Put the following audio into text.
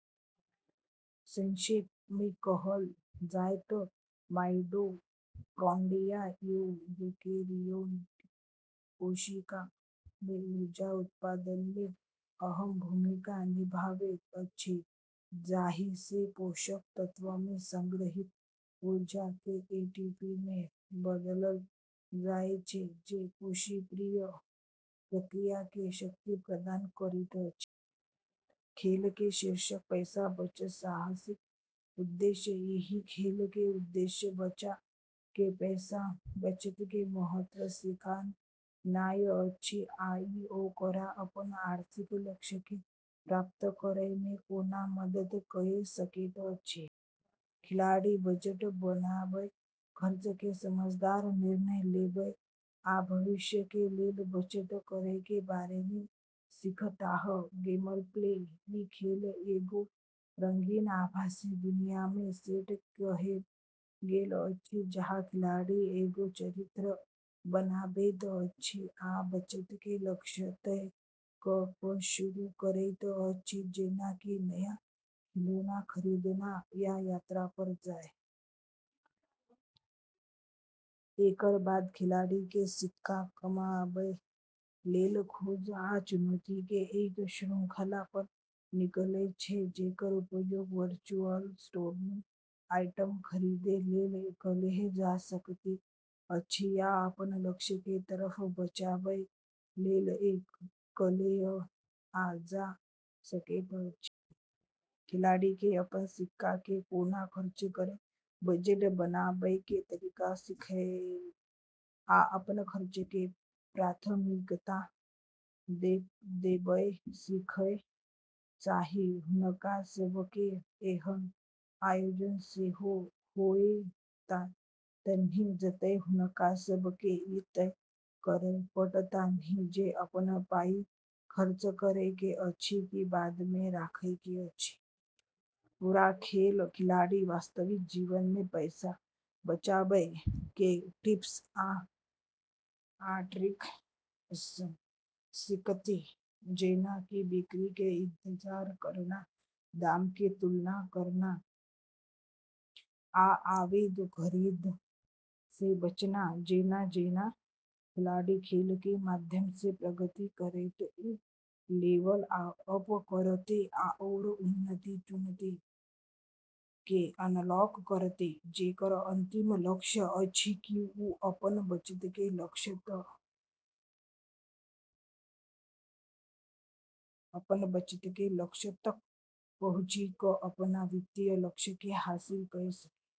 संक्षेप मे कहल जाय त' माइटोकॉन्ड्रिया यूकेरियोटिक कोशिका मे ऊर्जा उत्पादन मे अहम भूमिका निभाबैत अछि, जाहि सँ पोषक तत्व मे संग्रहीत ऊर्जा के एटीपी मे बदलल जाय छै, जे कोशिकीय प्रक्रिया के शक्ति प्रदान करैत अछि। खेल के शीर्षक: पैसा-बचत साहसिक। उद्देश्य: एहि खेल के उद्देश्य बच्चा के पैसा बचत के महत्व सिखानाय अछि आ इ ओकरा अपन आर्थिक लक्ष्य के प्राप्त करय मे कोना मदद कए सकैत अछि। खिलाड़ी बजट बनाबय, खर्च के समझदार निर्णय लेबय, आ भविष्य के लेल बचत करय के बारे मे सीखताह। गेमप्ले: ई खेल एगो रंगीन आभासी दुनिया मे सेट कएल गेल अछि, जहाँ खिलाड़ी एगो चरित्र बनाबैत अछि आ बचत के लक्ष्य तय क' क' शुरू करैत अछि, जेना कि नया खिलौना खरीदना या यात्रा पर जाय। एकर बाद खिलाड़ी के सिक्का कमाबय लेल खोज आ चुनौती के एक श्रृंखला पर निकलय छै, जेकर उपयोग वर्चुअल स्टोर मे आइटम खरीदै लेल कएल जा सकैत अछि या अपन लक्ष्य के तरफ बचाबय लेल कएल जा सकैत अछि। खिलाड़ी के अपन सिक्का के कोना खर्च करय, बजट बनाबय के तरीका सीखय आ अपन खर्च के प्राथमिकता देबय सीखय चाही। हुनका सब के एहन आयोजन सेहो होएतन्हि जतय हुनका सब के ई तय करय पड़तन्हि जे अपन पाई खर्च करय के अछि कि बाद मे राखय के अछि। पूरा खेल मे खिलाड़ी वास्तविक जीवन मे पैसा बचाबय के टिप्स आ ट्रिक सीखतै, जेना कि बिक्री के इंतजार करना, दाम के तुलना करना, आ आवेग खरीद सँ बचना। जेना-जेना खिलाड़ी खेल के माध्यम सँ प्रगति करतै, वू लेवल अप करतै आओर उन्नत चुनौती के अनलॉक करतै, जेकर अंतिम लक्ष्य अछि कि वू अपन बचत के लक्ष्य तक पहुँचि क' अपन वित्तीय लक्ष्य के हासिल कए सकै।